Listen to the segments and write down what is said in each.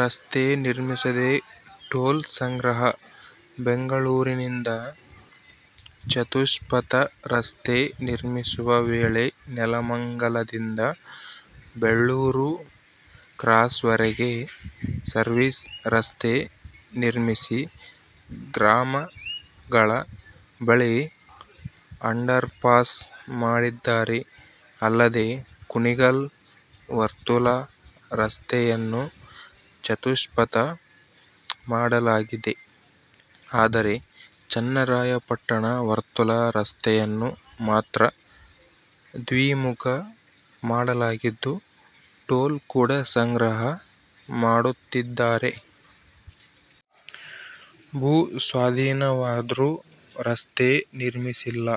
ರಸ್ತೆ ನಿರ್ಮಿಸದೆ ಟೋಲ್ ಸಂಗ್ರಹ: ಬೆಂಗಳೂರಿನಿಂದ ಚತುಷ್ಪಥ ರಸ್ತೆ ನಿರ್ಮಿಸುವ ವೇಳೆ ನೆಲಮಂಗಲದಿಂದ ಬೆಳ್ಳೂರು ಕ್ರಾಸ್ವರೆಗೆ ಸರ್ವಿಸ್ ರಸ್ತೆ ನಿರ್ಮಿಸಿ, ಗ್ರಾಮಗಳ ಬಳಿ ಅಂಡರ್ಪಾಸ್ ಮಾಡಿದ್ದಾರೆ. ಅಲ್ಲದೆ, ಕುಣಿಗಲ್ ವರ್ತುಲ ರಸ್ತೆಯನ್ನು ಚತುಷ್ಪಥ ಮಾಡಲಾಗಿದೆ. ಆದರೆ, ಚನ್ನರಾಯಪಟ್ಟಣ ವರ್ತುಲ ರಸ್ತೆಯನ್ನು ಮಾತ್ರ ದ್ವಿಮುಖ ಮಾಡಲಾಗಿದ್ದು, ಟೋಲ್ ಕೂಡ ಸಂಗ್ರಹ ಮಾಡುತ್ತಿದ್ದಾರೆ. ಭೂ ಸ್ವಾಧೀನವಾದ್ರೂ ರಸ್ತೆ ನಿರ್ಮಿಸಿಲ್ಲ: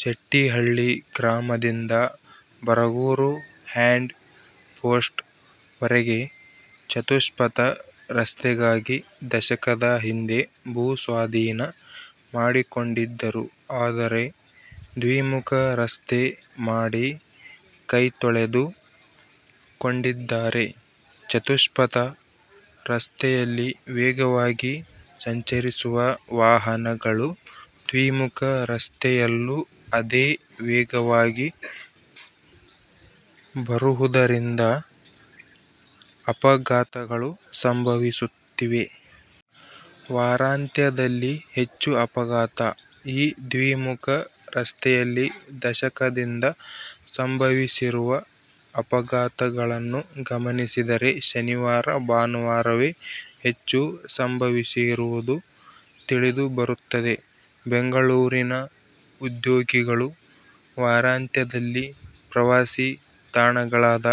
ಶೆಟ್ಟಿಹಳ್ಳಿ ಗ್ರಾಮದಿಂದ ಬರಗೂರು ಹ್ಯಾಂಡ್ ಪೋಸ್ಟ್ ವರೆಗೆ ಚತುಷ್ಪಥ ರಸ್ತೆಗಾಗಿ ದಶಕದ ಹಿಂದೆ ಭೂಸ್ವಾಧೀನ ಮಾಡಿಕೊಂಡಿದ್ದರು. ಆದರೆ, ದ್ವಿಮುಖ ರಸ್ತೆ ಮಾಡಿ ಕೈತೊಳೆದು ಕೊಂಡಿದ್ದಾರೆ. ಚತುಷ್ಪಥ ರಸ್ತೆಯಲ್ಲಿ ವೇಗವಾಗಿ ಸಂಚರಿಸುವ ವಾಹನಗಳು ದ್ವಿಮುಖ ರಸ್ತೆಯಲ್ಲೂ ಅದೇ ವೇಗವಾಗಿ ಬರುವುದರಿಂದ ಅಪಘಾತಗಳು ಸಂಭವಿಸುತ್ತಿವೆ. ವಾರಾಂತ್ಯದಲ್ಲಿ ಹೆಚ್ಚು ಅಪಘಾತ: ಈ ದ್ವಿಮುಖ ರಸ್ತೆಯಲ್ಲಿ ದಶಕದಿಂದ ಸಂಭವಿಸಿರುವ ಅಪಘಾತ ಗಳನ್ನು ಗಮನಿಸಿದರೆ ಶನಿವಾರ-ಭಾನುವಾರವೇ ಹೆಚ್ಚು ಸಂಭವಿಸಿರುವುದು ತಿಳಿದು ಬರುತ್ತದೆ. ಬೆಂಗಳೂರಿನ ಉದ್ಯೋಗಿಗಳು ವಾರಾಂತ್ಯದಲ್ಲಿ ಪ್ರವಾಸಿ ತಾಣಗಳಾದ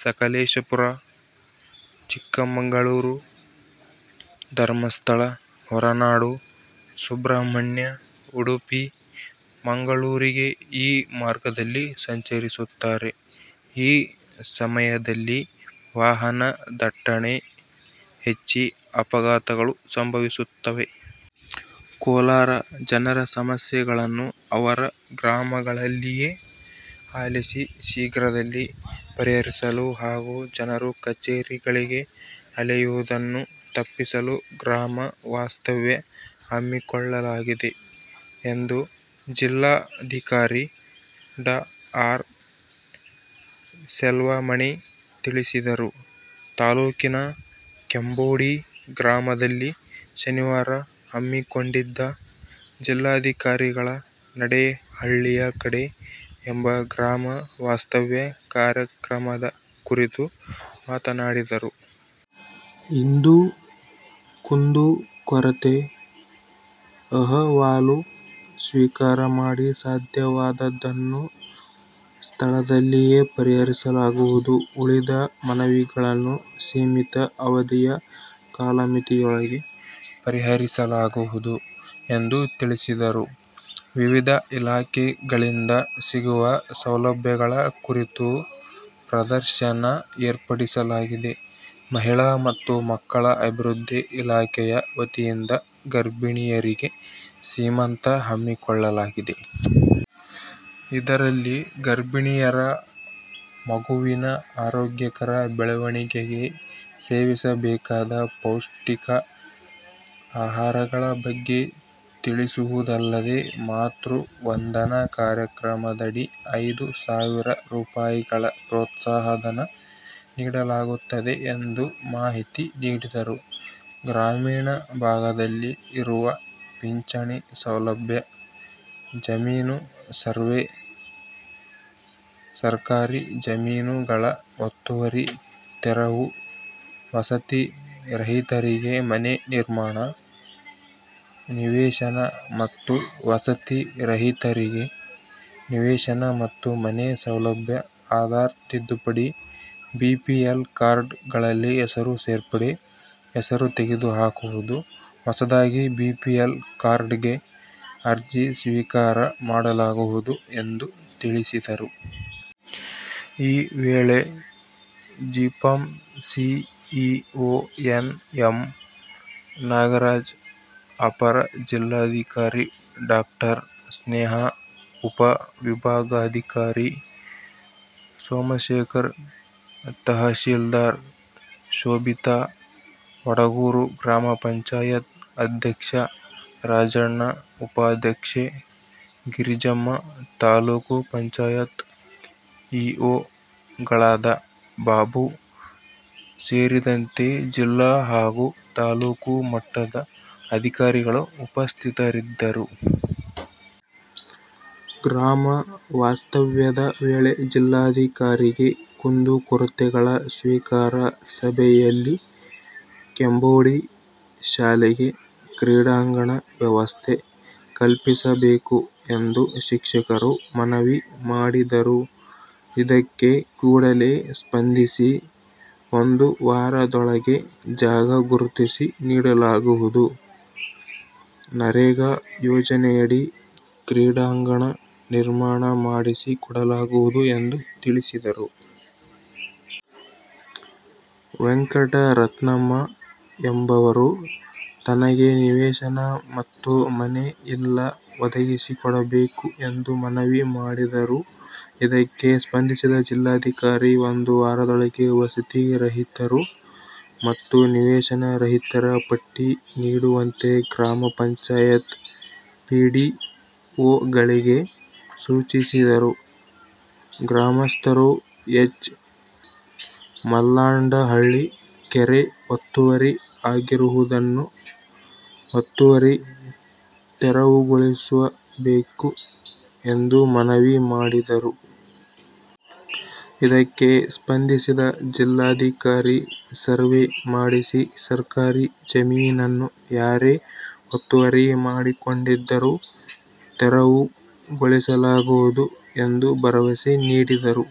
ಸಕಲೇಶಪುರ, ಚಿಕ್ಕಮಗಳೂರು, ಧರ್ಮಸ್ಥಳ, ಹೊರನಾಡು, ಸುಬ್ರಹ್ಮಣ್ಯ, ಉಡುಪಿ, ಮಂಗಳೂರಿಗೆ ಈ ಮಾರ್ಗದಲ್ಲಿ ಸಂಚರಿಸುತ್ತಾರೆ. ಆ ಸಮಯದಲ್ಲಿ ವಾಹನ ದಟ್ಟಣೆ ಹೆಚ್ಚಿ ಅಪಘಾತಗಳು ಸಂಭವಿಸುತ್ತವೆ. ಕೋಲಾರ: ಜನರ ಸಮಸ್ಯೆಗಳನ್ನು ಅವರ ಗ್ರಾಮಗಳ ಲ್ಲಿಯೇ ಆಲಿಸಿ ಶೀಘ್ರದಲ್ಲಿ ಪರಿಹರಿಸಲು ಹಾಗೂ ಜನರು ಕಚೇರಿಗಳಿಗೆ ಅಲೆಯುವುದನ್ನು ತಪ್ಪಿಸಲು ಗ್ರಾಮ ವಾಸ್ತವ್ಯ ಹಮ್ಮಿಕೊಳ್ಳಲಾಗಿದೆ ಎಂದು ಜಿಲ್ಲಾ ಧಿಕಾರಿ ಡಾ. ಆರ್. ಸೆಲ್ವಮಣಿ ತಿಳಿಸಿದರು. ತಾಲೂಕಿನ ಕೆಂಬೋಡಿ ಗ್ರಾಮದಲ್ಲಿ ಶನಿವಾರ ಹಮ್ಮಿ ಕೊಂಡಿದ್ದ "ಜಿಲ್ಲಾಧಿಕಾರಿಗಳ ನಡೆ ಹಳ್ಳಿಯ ಕಡೆ' ಎಂಬ ಗ್ರಾಮ ವಾಸ್ತವ್ಯ ಕಾರ್ಯ ಕ್ರಮದ ಕುರಿತು ಮಾತನಾಡಿದರು. ಇಂದೂ ಕುಂದು ಕೊರತೆ ಅಹವಾಲು ಸ್ವೀಕಾರ ಮಾಡಿ ಸಾಧ್ಯವಾದದ್ದನ್ನು ಸ್ಥಳದಲ್ಲಿಯೇ ಪರಿಹರಿಸಲಾಗುವುದು. ಉಳಿದ ಮನವಿಗಳನ್ನು ಸೀಮಿತ ಅವಧಿಯ ಕಾಲಮಿತಿಯೊಳಗೆ ಪರಿಹರಿಸಲಾಗುವುದು ಎಂದು ತಿಳಿಸಿದರು. ವಿವಿಧ ಇಲಾಖೆಗಳಿಂದ ಸಿಗುವ ಸೌಲಭ್ಯಗಳ ಕುರಿತು ಪ್ರದರ್ಶನ ಏರ್ಪಡಿಸಲಾಗಿದೆ. ಮಹಿಳಾ ಮತ್ತು ಮಕ್ಕಳ ಅಭಿವೃದ್ಧಿ ಇಲಾಖೆಯ ವತಿಯಿಂದ ಗರ್ಭಿಣಿಯರಿಗೆ ಸೀಮಂತ ಹಮ್ಮಿಕೊಳ್ಳಲಾಗಿದೆ. ಇದರಲ್ಲಿ ಗರ್ಭಿಣಿಯರ ಮಗುವಿನ ಆರೋಗ್ಯಕರ ಬೆಳವಣಿಗೆಗೆ ಸೇವಿಸಬೇಕಾದ ಪೌಷ್ಟಿಕ ಆಹಾರಗಳ ಬಗ್ಗೆ ತಿಳಿಸುವುದಲ್ಲದೆ, ಮಾತೃ ವಂದನಾ ಕಾರ್ಯಕ್ರಮದಡಿ ಐದು ಸಾವಿರ ರೂಪಾಯಿಗಳ ಪ್ರೋತ್ಸಾಹ ಧನ ನೀಡಲಾಗುತ್ತದೆ ಎಂದು ಮಾಹಿತಿ ನೀಡಿದರು. ಗ್ರಾಮೀಣ ಭಾಗದಲ್ಲಿ ಇರುವ ಪಿಂಚಣಿ ಸೌಲಭ್ಯ, ಜಮೀನು ಸರ್ವೇ, ಸರ್ಕಾರಿ ಜಮೀನು ಗಳ ಒತ್ತುವರಿ ತೆರವು, ವಸತಿ ರಹಿತರಿಗೆ ಮನೆ ನಿರ್ಮಾಣ, ನಿವೇಶನ ಮತ್ತು ವಸತಿ ರಹಿತರಿಗೆ ನಿವೇಶನ ಮತ್ತು ಮನೆ ಸೌಲಭ್ಯ, ಆಧಾರ್ ತಿದ್ದುಪಡಿ, ಬಿಪಿಎಲ್ ಕಾರ್ಡ್ ಗಳಲ್ಲಿ ಹೆಸರು ಸೇರ್ಪಡೆ, ಹೆಸರು ತೆಗೆದು ಹಾಕುವುದು, ಹೊಸದಾಗಿ ಬಿಪಿಎಲ್ ಕಾರ್ಡ್ಗೆ ಅರ್ಜಿ ಸ್ವೀಕಾರ ಮಾಡಲಾಗುವುದು ಎಂದು ತಿಳಿಸಿದರು. ಈ ವೇಳೆ ಜಿಪಂ C E O N. M. Nagaraj, ಅಪರ ಜಿಲ್ಲಾ ಧಿಕಾರಿ ಡಾಕ್ಟರ್. ಸ್ನೇಹಾ, ಉಪ ವಿಭಾಗಾಧಿಕಾರಿ ಸೋಮಶೇಖರ್, ತಹಶೀಲ್ದಾರ್ ಶೋಭಿತಾ, ವಡಗೂರು ಗ್ರಾಮ ಪಂಚಾಯತ್ ಅಧ್ಯಕ್ಷ ರಾಜಣ್ಣ, ಉಪಾಧ್ಯಕ್ಷೆ ಗಿರಿಜಮ್ಮ, ತಾಲ್ಲೂಕು ಪಂಚಾಯತ್ ಇ ಒ ಗಳಾದ ಬಾಬು ಸೇರಿದಂತೆ ಜಿಲ್ಲಾ ಹಾಗೂ ತಾಲೂಕು ಮಟ್ಟದ ಅಧಿಕಾರಿಗಳು ಉಪಸ್ಥಿತರಿದ್ದರು. ಗ್ರಾಮ ವಾಸ್ತವ್ಯದ ವೇಳೆ ಜಿಲ್ಲಾಧಿಕಾರಿಗೆ ಕುಂದು ಕೊರತೆಗಳ ಸ್ವೀಕಾರ ಸಭೆಯಲ್ಲಿ ಕೆಂಬೋಡಿ ಶಾಲೆಗೆ ಕ್ರೀಡಾಂಗಣ ವ್ಯವಸ್ಥೆ ಕಲ್ಪಿಸಬೇಕು ಎಂದು ಶಿಕ್ಷಕರು ಮನವಿ ಮಾಡಿದರು. ಇದಕ್ಕೆ ಕೂಡಲೇ ಸ್ಪಂದಿಸಿ ಒಂದು ವಾರದೊಳಗೆ ಜಾಗ ಗುರುತಿಸಿ ನೀಡಲಾಗುವುದು. ನರೇಗಾ ಯೋಜನೆಯಡಿ ಕ್ರೀಡಾಂಗಣ ನಿರ್ಮಾಣ ಮಾಡಿಸಿ ಕೊಡಲಾಗುವುದು ಎಂದು ತಿಳಿಸಿದರು. ವೆಂಕಟರತ್ನಮ್ಮ ಎಂಬವರು ತನಗೆ ನಿವೇಶನ ಮತ್ತು ಮನೆ ಇಲ್ಲ ಒದಗಿಸಿಕೊಡಬೇಕು ಎಂದು ಮನವಿ ಮಾಡಿದರು. ಇದಕ್ಕೆ ಸ್ಪಂದಿಸಿದ ಜಿಲ್ಲಾಧಿಕಾರಿ, ಒಂದು ವಾರದೊಳಗೆ ವಸತಿ ರಹಿತರು ಮತ್ತು ನಿವೇಶನ ರಹಿತರ ಪಟ್ಟಿ ನೀಡುವಂತೆ ಗ್ರಾಮ ಪಂಚಾಯತ್ ಪಿ ಡಿ ಒಗಳಿಗೆ ಸೂಚಿಸಿದರು. ಗ್ರಾಮಸ್ಥರು ಎಚ್. ಮಲ್ಲಾಂಡಹಳ್ಳಿ ಕೆರೆ ಒತ್ತುವರಿ ಆಗಿರುವುದನ್ನು ಒತ್ತುವರಿ ತೆರವುಗೊಳಿಸಬೇಕು ಎಂದು ಮನವಿ ಮಾಡಿದರು. ಇದಕ್ಕೆ ಸ್ಪಂದಿಸಿದ ಜಿಲ್ಲಾಧಿಕಾರಿ, ಸರ್ವೇ ಮಾಡಿಸಿ ಸರ್ಕಾರಿ ಜಮೀನನ್ನು ಯಾರೇ ಒತ್ತುವರಿ ಮಾಡಿಕೊಂಡಿದ್ದರೂ ತೆರವುಗೊಳಿ ಸಲಾಗುವುದು ಎಂದು ಭರವಸೆ ನೀಡಿದರು.